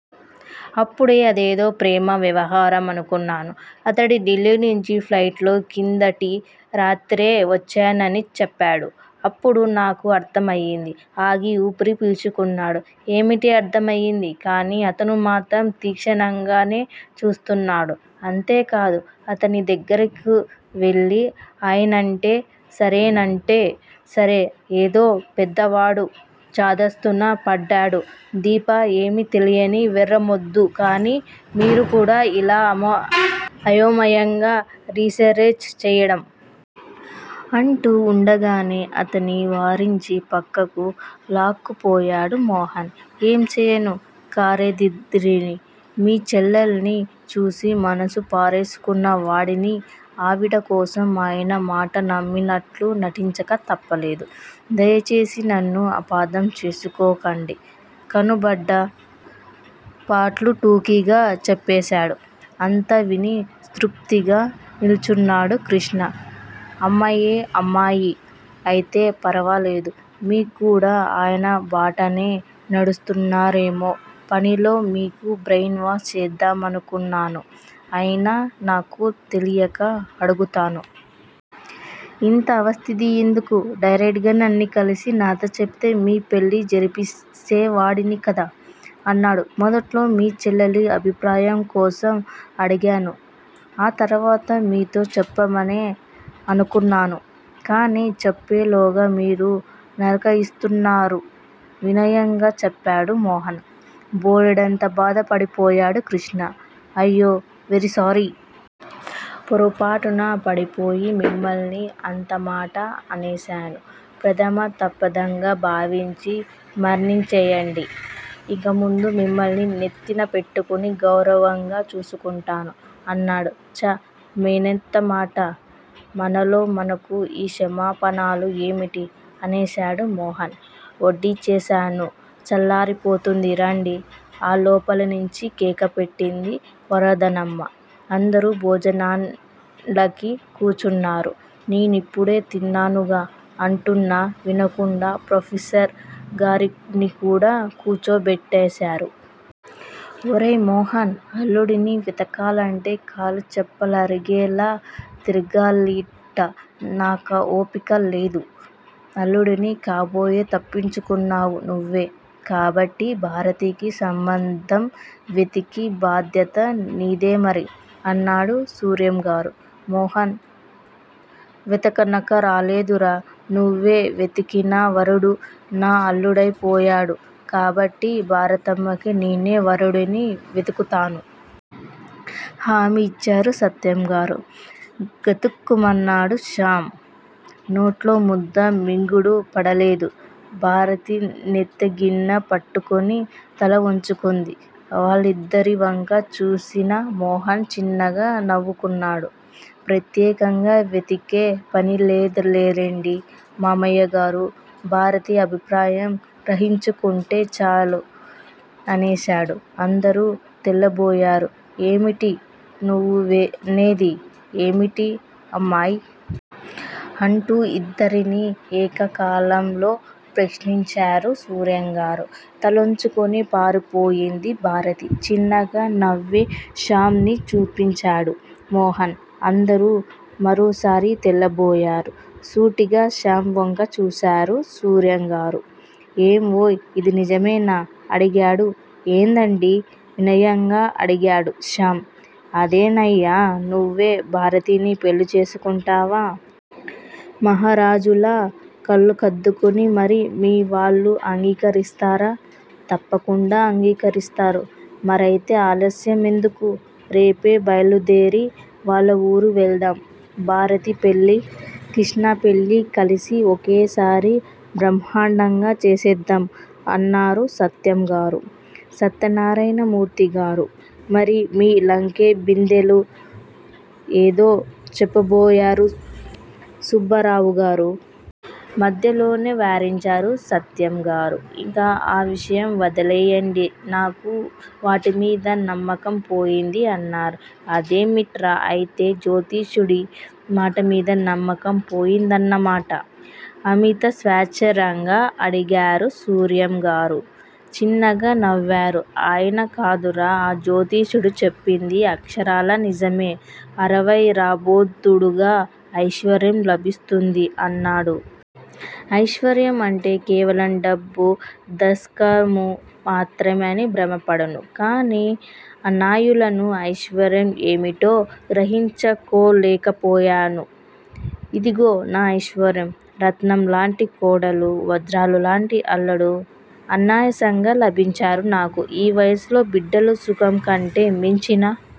అప్పుడే అదేదో ప్రేమ వ్యవహారం అనుకొన్నాను. అతడు ఢిల్లీ నుంచి ప్లైట్ లో కిందటి రాత్రే వచ్చానని చెపాడు. అప్పుడు నాకు అర్థం అయింది ఆగి ఊపిరి పీల్చుకున్నాడు. ఏమిటి అర్థం అయింది? కానీ అతనుమాత్రం తీక్షణంగానేచూశాడు. అంతే కాదు అతని దగ్గరకువెళ్ళి, ఆయనంటే సరేనంటే సరే ఏదో పెద్దవాడు చాదస్తాన పడ్డాడు దీప ఏమీతెలీని వెర్రి మొద్దు కానీ మీరు కూడా ఇలా అయోమయంగా రిసెర్చ్ చెయ్యడం! అంటూ వుండగానే అతన్ని వారించి పక్కకు లాక్కుపోయాడు మోహన్. ఏం చెయ్యను కార్యార్థిని. మీ చెల్లెలిని చూసి మనసు పారేసుకున్నవాడిని ఆవిడకోసం ఆయన మాట నమ్మినట్లు నటించక తప్పలేదు. దయచేసి నన్ను అపార్థం చేసుకోకండి తనుపడ్డ పాట్లు టూకీగా చెప్పేశాడు. అంతా విని తృప్తిగా నిట్టూర్చాడు క్రిష్ణ అమ్మయ్య అమ్మయ్య అయితే ఫర్వాలేదు మీరుకూడా ఆయన బాటనే నడుస్తున్నారేమో పనిలో మీకూ బ్రెయిన్ వాష్ చేసేద్దామనుకున్నాను అయినా నాకు తెలీక అడుగుతాను. ఇంత అవస్థయెందుకు? డైరెక్టుగా నన్ను కలిసి నాతొ చెప్తే మీ పెళ్ళి జరిపేసేవాడిని కదా! అన్నాడు. మొదట్లో మీ చెల్లెలు అభిప్రాయంకోసం ఆగాను ఆ తర్వాత మీతో చెప్దామనే అనుకున్నాను. కానీ చెప్పేలోగా మీరు నరికేస్తానన్నారు వినయంగా చెప్పాడు మోహన్. బోలెడంత బాధపడిపోయాడు కృష్ణ ఐయాం వెరీ సారీ! పొరపాటు పడిపోయి మిమ్మల్ని అంతమాట అనేశాను. ప్రధమ తప్పిదంగా భావించి మన్నించెయ్యండి. ఇక ముందు మిమ్మల్ని నెత్తిన పెట్టుకుని గౌరవంగా చూసుకుంటాను అన్నాడు. ఛ యెంతమాట మనలో మనకు ఈ క్షమాపణలు ఏమిటి? అనేశాడు మోహన్. వడ్డించేశాను చల్లారిపోతుంది రండి! లోపలినించి కేకపెట్టింది వర్ధనమ్మ. అందరూ భోజనాలకి కూర్చున్నారు నేనిప్పుడే తిన్నానుగా అంటున్నా వినకుండా ప్రొఫెసర్ గార్నికూడా కూర్చోబెట్టేశారు. ఒరేయ్ మోహన్ అల్లుడిని. వెతకాలంటే కాళ్ళ చెప్పలరిగేలా తిరగాలిట నాకా ఓపిక లేదు. అల్లుడిని కాబోయి తప్పించుకున్నావు నువ్వు. కాబట్టి భారతికి సంబంధం వెతికే బాధ్యత నీదేమరి! అన్నారు సూర్యంగారు. మోహన్ వెతకనక్కరాలేదురా! నువ్వు వెతికిన వరుడు నా అల్లుడైనపోయాడు కాబట్టి భారతమ్మకి నేనే వరుడిని వెతుకుతాను! హామీ ఇచ్చారు సత్యంగారు. గతుక్కుమన్నాడు శ్యామ్. నోట్లో ముద్ద మింగుడు పడలేదు. భారతి నేతి గిన్నె పట్టుకొని తలవంచుకుంది. వాళ్ళిద్దరివంకా చూసిన మోహన్ చిన్నగా నవ్వుకున్నాడు. ప్రత్యేకంగా వెతికే పనిలేదులెండి మామయ్యగారూ! భారతి అభిప్రాయం గ్రహించుకుంటే చాలు అనేశాడు. అందరూ తెల్లబోయారు. ఏమిట్రా నువ్వనేది? ఏమిటే అమ్మాయ్? అంటూ ఇద్దరినీ ఏక కాలంలో ప్రశ్నించారు సూర్యంగారు. తలోంచుకుని పారిపోయింది భారతి. చిన్నగా నవ్వి శ్యామ్ ని చూపించాడు మోహన్. అందరూ మరోసారి తెల్లబోయారు. సూటిగా శ్యామ్ వంక చూసారు సూర్యంగారు. ఏమోయ్ ఇది నిజమేనా? అడిగారు. ఏదండీ? వినయంగా అడిగాడు శ్యామ్. అదేనయ్యా! నువ్వు భారతిని పెళ్ళి చేసుకుంటావా? మహారాజులా! కళ్ళకద్దుకొని మరి మీ వాళ్ళు అంగీకరిస్తారా? తప్పకుండా అంగీకరిస్తారు మరయితే ఆలస్యం ఎందుకు? రేపే బయలుదేరి వాళ్ళ వూరు వెళ్దాం. భారతి పెళ్ళి, కృష్ణ పెళ్ళి కలిసి ఒకేసారి బ్రహ్మాండంగా చేసేద్దాం! అన్నారు సత్యంగారు. సత్యనారాయణమూర్తిగారూ! మరి మీ లంకెబిందెలు ఏదో చెప్పబోయారు సుబ్బారావుగారు. మధ్యలోనే వారించారు సత్యంగారు ఇక ఆ విషయం వదిలెయ్యండి నాకు వాటిమీద నమ్మకం పోయింది అన్నారు. అదేమిట్రా అయితే జ్యోతిష్కుడి మాటమీద నమ్మకం పోయిందన్నమాట అమితాశ్చర్యంగా అడిగారు సూర్యంగారు. చిన్నగా నవ్వారు ఆయన కాదురా! ఆ జ్యోతిష్కుడు చెప్పింది అక్షరాలా నిజమే. అరవై రాబోతుండగా ఐశ్వర్యం లభిస్తుంది అన్నాడు. ఐశ్వర్యం అంటే కేవలం డబ్బు దస్కమూ మాత్రమే అని భ్రమపడ్డాను. కానీ అనలయిన ఐశ్వర్యం ఏమిటోగ్రహించుకోలేకపోయాను ఇదుగో నా ఐశ్వర్యం. రత్నంలాటి కోడలు, వజ్రంలాటిఅల్లుడు అనాయాసంగా అభించారు నాకు. ఈ వయసులో బిడ్డల సుఖంకంటే మించిన